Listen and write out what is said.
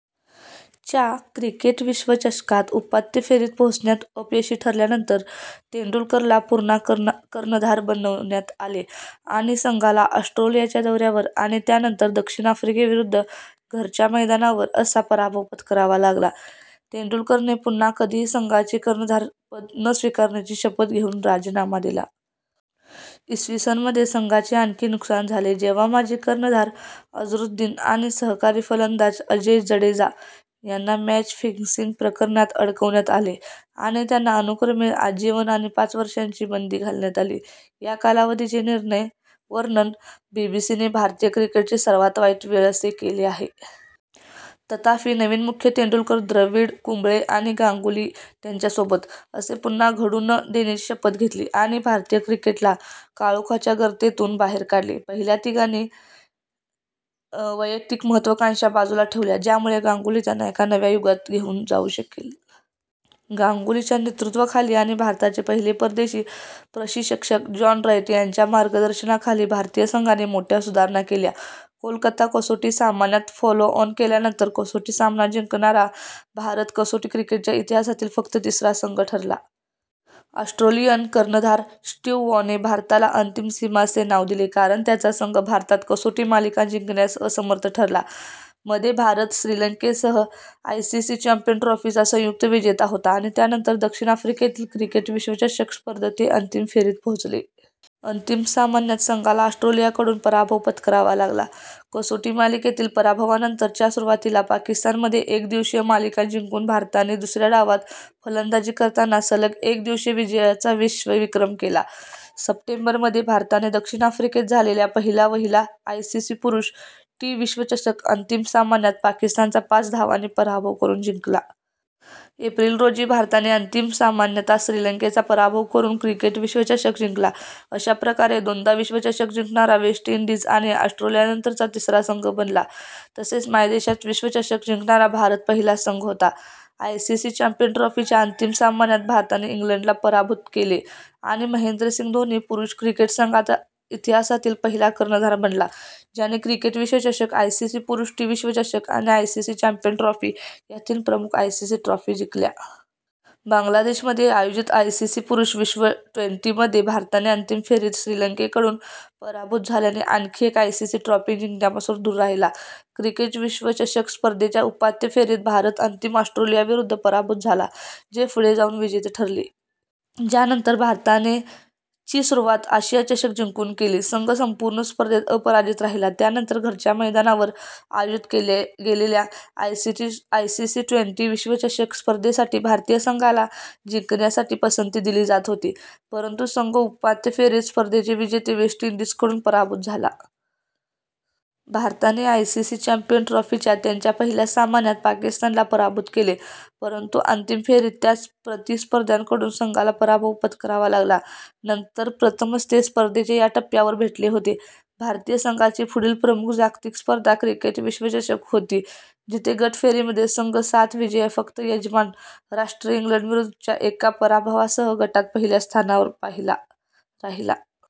च्या क्रिकेट विश्वचषकात उपांत्य फेरीत पोहोचण्यात अपयशी ठरल्यानंतर, तेंडुलकरला पुन्हा कर्णधार बनवण्यात आले आणि संघाला ऑस्ट्रेलियाच्या दौऱ्यावर - आणि त्यानंतर दक्षिण आफ्रिकेविरुद्ध घरच्या मैदानावर - असा पराभव पत्करावा लागला. तेंडुलकरने पुन्हा कधीही संघाचे कर्णधारपद न स्वीकारण्याची शपथ घेऊन राजीनामा दिला. इ. स. मध्ये संघाचे आणखी नुकसान झाले जेव्हा माजी कर्णधार अझरुद्दीन आणि सहकारी फलंदाज अजय जडेजा यांना मॅच फिक्सिंग प्रकरणात अडकवण्यात आले आणि त्यांना अनुक्रमे आजीवन आणि पाच वर्षांची बंदी घालण्यात आली. या कालावधीचे वर्णन बीबीसीने "भारतीय क्रिकेटची सर्वात वाईट वेळ" असे केले आहे. तथापि, नवीन मुख्य तेंडुलकर, द्रविड, कुंबळे आणि गांगुली त्यांच्यासोबत असे पुन्हा घडू न देण्याची शपथ घेतली आणि भारतीय क्रिकेटला काळोखाच्या गर्तेतून बाहेर काढले. पहिल्या तिघांनी वैयक्तिक महत्त्वाकांक्षा बाजूला ठेवल्या ज्यामुळे गांगुली त्यांना एका नव्या युगात घेऊन जाऊ शकेल.। गांगुलीच्या नेतृत्वाखाली आणि भारताचे पहिले परदेशी प्रशिक्षक जॉन राईट यांच्या मार्गदर्शनाखाली भारतीय संघाने मोठ्या सुधारणा केल्या. कोलकाता कसोटी सामन्यात, फॉलोऑन केल्यानंतर कसोटी सामना जिंकणारा भारत कसोटी क्रिकेटच्या इतिहासातील फक्त तिसरा संघ ठरला. ऑस्ट्रेलियन कर्णधार स्टीव्ह वॉ ने भारताला "अंतिम सीमा" असे नाव दिले कारण त्याचा संघ भारतात कसोटी मालिका जिंकण्यास असमर्थ ठरला. मध्ये, भारत श्रीलंकेसह आयसीसी चॅम्पियन्स ट्रॉफी चा संयुक्त विजेता होता आणि त्यानंतर दक्षिण आफ्रिकेतील क्रिकेट विश्वचषक स्पर्धेत ते अंतिम फेरीत पोहोचले. अंतिम सामन्यात संघाला ऑस्ट्रेलियाकडून पराभव पत्करावा लागला. कसोटी मालिकेतील पराभवानंतर च्या सुरुवातीला पाकिस्तानमध्ये एकदिवसीय मालिका जिंकून भारताने दुसऱ्या डावात फलंदाजी करताना सलग एकदिवसीय विजयाचा विश्वविक्रम केला. सप्टेंबर मध्ये, भारताने दक्षिण आफ्रिकेत झालेल्या पहिला-वहिला आयसीसी पुरुष टी विश्वचषक अंतिम सामन्यात पाकिस्तानचा पाच धावांनी पराभव करून जिंकला. एप्रिल रोजी, भारताने अंतिम सामन्यात श्रीलंकेचा पराभव करून क्रिकेट विश्वचषक जिंकला, अशा प्रकारे दोनदा विश्वचषक जिंकणारा वेस्ट इंडीज आणि ऑस्ट्रेलियानंतरचा तिसरा संघ बनला. तसेच मायदेशात विश्वचषक जिंकणारा भारत पहिला संघ होता. आयसीसी चॅम्पियन्स ट्रॉफी च्या अंतिम सामन्यात भारताने इंग्लंडला पराभूत केले आणि महेंद्रसिंग धोनी पुरुष क्रिकेट संघाचा इतिहासातील पहिला कर्णधार बनला ज्याने क्रिकेट विश्वचषक, आयसीसी पुरुष टी विश्वचषक आणि आयसीसी चॅम्पियन्स ट्रॉफी या तीन प्रमुख आयसीसी ट्रॉफी जिंकल्या. बांगलादेशमध्ये आयोजित आयसीसी पुरुष विश्व ट्वेंटी मध्ये, भारताने अंतिम फेरीत श्रीलंकेकडून पराभूत झाल्याने आणखी एक आयसीसी ट्रॉफी जिंकण्यापासून दूर राहिला. क्रिकेट विश्वचषक स्पर्धेच्या उपांत्य फेरीत भारत अंतिम ऑस्ट्रेलियाविरुद्ध पराभूत झाला, जे पुढे जाऊन विजेते ठरले. त्यानंतर भारताने ची सुरुवात आशिया चषक जिंकून केली, संघ संपूर्ण स्पर्धेत अपराजित राहिला. त्यानंतर घरच्या मैदानावर आयोजित केल्या गेलेल्या आयसीसी ट्वेंटी विश्वचषक स्पर्धे साठी भारतीय संघाला जिंकण्यासाठी पसंती दिली जात होती, परंतु संघ उपांत्य फेरीत स्पर्धेचे विजेते वेस्ट इंडीजकडून पराभूत झाला. भारताने आयसीसी चॅम्पियन्स ट्रॉफी च्या त्यांच्या पहिल्या सामन्यात पाकिस्तानला पराभूत केले परंतु अंतिम फेरीत त्याच प्रतिस्पर्ध्यांकडून संघाला पराभव पत्करावा लागला, नंतर प्रथमच ते स्पर्धेच्या या टप्प्यावर भेटले होते. भारतीय संघाची पुढील प्रमुख जागतिक स्पर्धा क्रिकेट विश्वचषक होती जिथे गट फेरीमध्ये संघ सात विजय आणि फक्त यजमान राष्ट्र इंग्लंडविरुद्धच्या एका पराभवासह गटात पहिल्या स्थानावर राहिला.